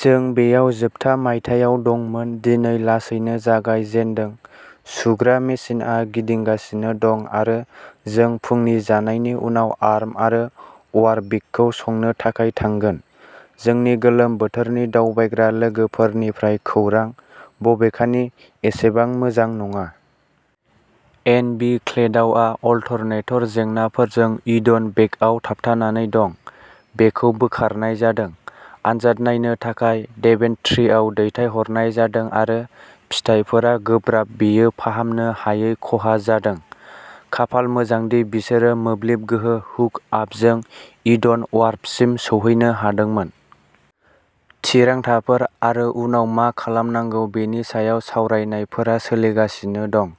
जों बेयाव जोबथा मायथाइयाव दंमोन दिनै लासैनो जागाय जेनदों सुग्रा मेसिनआ गिदिंगासिनो दं आरो जों फुंनि जानायनि उनाव आर्म आरो वारविकखौ संनो थाखाय थांगोन। जोंनि गोलोम बोथोरनि दावबायग्रा लोगोफोरनिफ्राय खौरां, बबेखानि, एसेबां मोजां नङा। एन बि क्लेडाउआ अल्टरनेटर जेंनाफोरजों वीडन बेकआव थाबथानानै दं। बेखौ बोखारनाय जादों, आनजाद नायनो थाखाय डेभेन्ट्रीआव दैथायहरनाय जादों आरो फिथायफोरा गोब्राब बेयो फाहामनो हायै खहा जादों। खाफाल मोजां दि बिसोरो मोब्लिब गोहो हुक आपजों वीडन वार्फसिम सौहैनो हादोंमोन। थिरांथाफोर आरो उनाव मा खालामनांगौ बेनि सायाव सावरायनायफोरा सोलिगासिनो दं।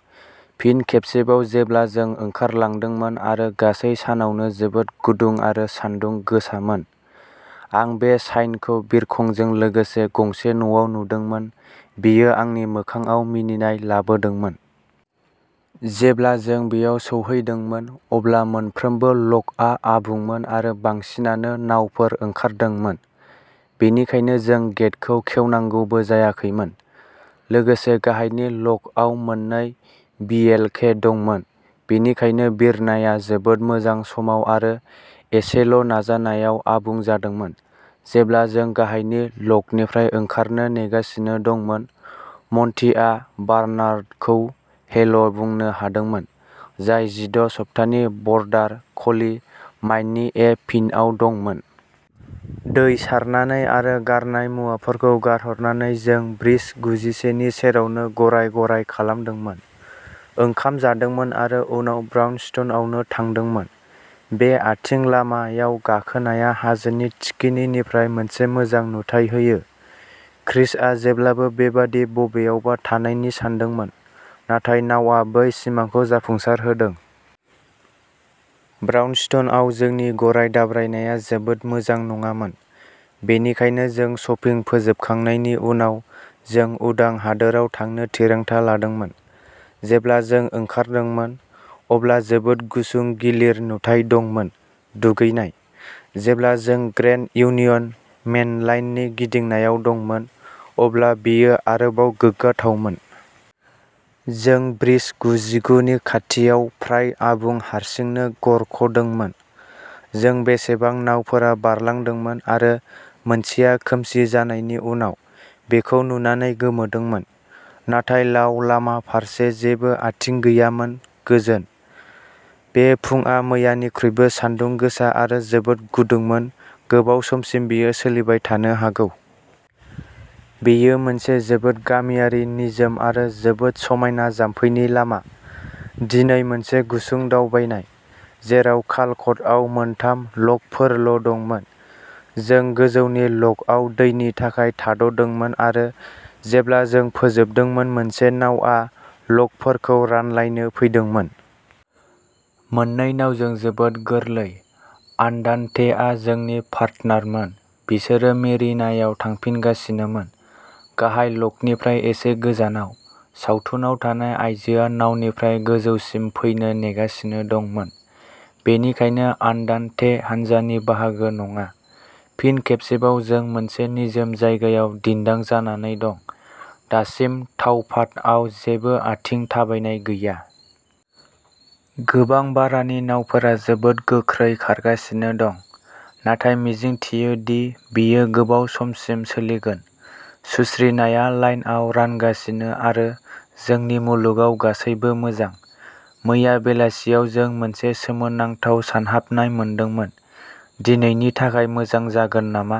फिन खेबसेबाव जेब्ला जों ओंखारलांदोंमोन आरो गासै सानावनो जोबोद गुदुं आरो सान्दुं गोसामोन। आं बे साइनखौ बिरखंजों लोगोसे गंसे न'आव नुदोंमोन बेयो आंनि मोखांआव मिनिनाय लाबोदोंमोन। जेब्ला जों बेयाव सौहैदोंमोन अब्ला मोनफ्रोमबो लकआ आबुंमोन आरो बांसिनानो नावफोर ओंखारदोंमोन। बेनिखायनो जों गेटखौ खेवनांगौबो जायाखैमोन। लोगोसे गाहायनि ल'कआव मोननै भिएलके दंमोन, बेनिखायनो बिरनाया जोबोद मोजां समाव आरो एसेल'नाजानायाव आबुं जादोंमोन। जेब्ला जों गाहायनि ल'कनिफ्राय ओंखारनो नेगासिनो दंमोन, मन्टिआ बार्नार्डखौ'हेल'बुंनो हादोंमोन, जाय जिद सप्तानि बर्डार कलि, माइननि ए पिन्टआव दंमोन। दै सारनानै आरो गारनाय मुवाफोरखौ गारहरनानै जों ब्रिज गुजिसे नि सेरावनो गराय-गराय खालामदोंमोन, ओंखाम जादोंमोन आरो उनाव ब्राउनस्टनआवनो थांदोंमोन। बे आथिं लामा आव गाखोनाया हाजोनि थिखिनिनिफ्राय मोनसे मोजां नुथाय होयो। क्रिसआ जेब्लाबो बेबादि बबेयावबा थानायनि सानदोंमोन, नाथाय नावआ बै सिमांखौ जाफुंसार होदों! ब्राउनस्टनआव जोंनि गराय दाब्रायनाया जोबोद मोजां नङामोन, बेनिखायनो जों शपिं फोजोबखांनायनि उनाव जों उदां हादोराव थांनो थिरांथा लादोंमोन। जेब्ला जों ओंखारदोंमोन, अब्ला जोबोद गुसुं गिलिर नुथाय दंमोन। दुगैनाय। जेब्ला जों ग्रेन्ड इउनियन मेनलाइननि गिदिंनायाव दंमोन, अब्ला बेयो आरोबाव गोग्गाथावमोन। जों ब्रिज गुजुिगुनि खाथियाव फ्राय आबुं हारसिंनो गरख'दोंमोन। जों बेसेबां नावफोरा बारलांदोंमोन आरो मोनसेआ खोमसि जानायनि उनाव, बेखौ नुनानै गोमोदोंमोन, नाथाय लाव लामा फारसे जेबो आथिं गैयामोन गोजोन। बे फुंआ मैयानिख्रुइबो सानदुं गोसा आरो जोबोद गुदुंमोन गोबाव समसिम बेयो सोलिबाय थानो हागौ। बेयो मोनसे जोबोद गामियारि निजोम आरो जोबोद समायना जाम्फैनि लामा। दिनै मोनसे गुसुं दावबायनाय, जेराव कालकटआव मोनथाम ल'कफोरल'दंमोन। जों गोजौनि ल'कआव दैनि थाखाय थाद'दोंमोन आरो जेब्ला जों फोजोबदोंमोन मोनसे नावआ ल'कफोरखौ रानलायनो फैदोंमोन। मोननै नावजों जोबोद गोरलै। आन्दान्तेआ जोंनि पार्टनारमोन-बिसोरो मेरिनायाव थांफिनगासिनोमोन, गाहाय ल'कनिफ्राय एसे गोजानाव। सावथुनाव थानाय आइजोआ नावनिफ्राय गोजौसिम फैनो नेगासिनो दंमोन, बेनिखायनो आन्दान्ते हान्जानि बाहागो नङा। फिन खेबसेबाव जों मोनसे निजोम जायगायाव दिन्दां जानानै दं, दासिम तावपाथआव जेबो आथिं थाबायनाय गैया। गोबां भारानि नावफोरा जोबोद गोख्रै खारगासिनो दं, नाथाय मिजिंथियो दि बेयो गोबाव समसिम सोलिगोन। सुस्रिनाया लाइनआव रानगासिनो आरो जोंनि मुलुगाव गासैबो मोजां। मैया बेलासियाव जों मोनसे सोमोनांथाव सानहाबनाय मोनदोंमोन। दिनैनि थाखाय मोजां जागोन नामा?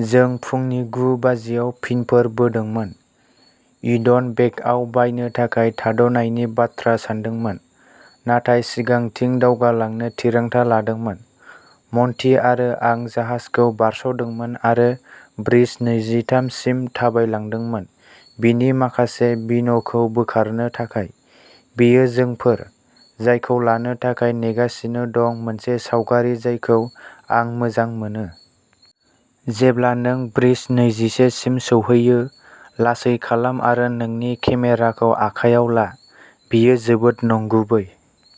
जों फुंनि गु बाजिआव पिनफोर बोदोंमोन, वीडन बेकआव बायनो थाखाय थाद'नायनि बाथ्रा सानदोंमोन, नाथाय सिगांथिं दावगालांनो थिरांथा लादोंमोन। मन्टि आरो आं जाहाजखौ बारस'दोंमोन आरो ब्रिज नैजिथाम सिम थाबायलांदोंमोन बिनि माखासे'बिन'खौ बोखारनो थाखाय। बेयो जोंफोर, जायखौ लानो थाखाय नेगासिनो दं मोनसे सावगारि जायखौ आं मोजां मोनो। जेब्ला नों ब्रिज नैजिसे सिम सौहैयो, लासै खालाम आरो नोंनि केमेराखौ आखायाव ला। बेयो जोबोद नंगुबै ।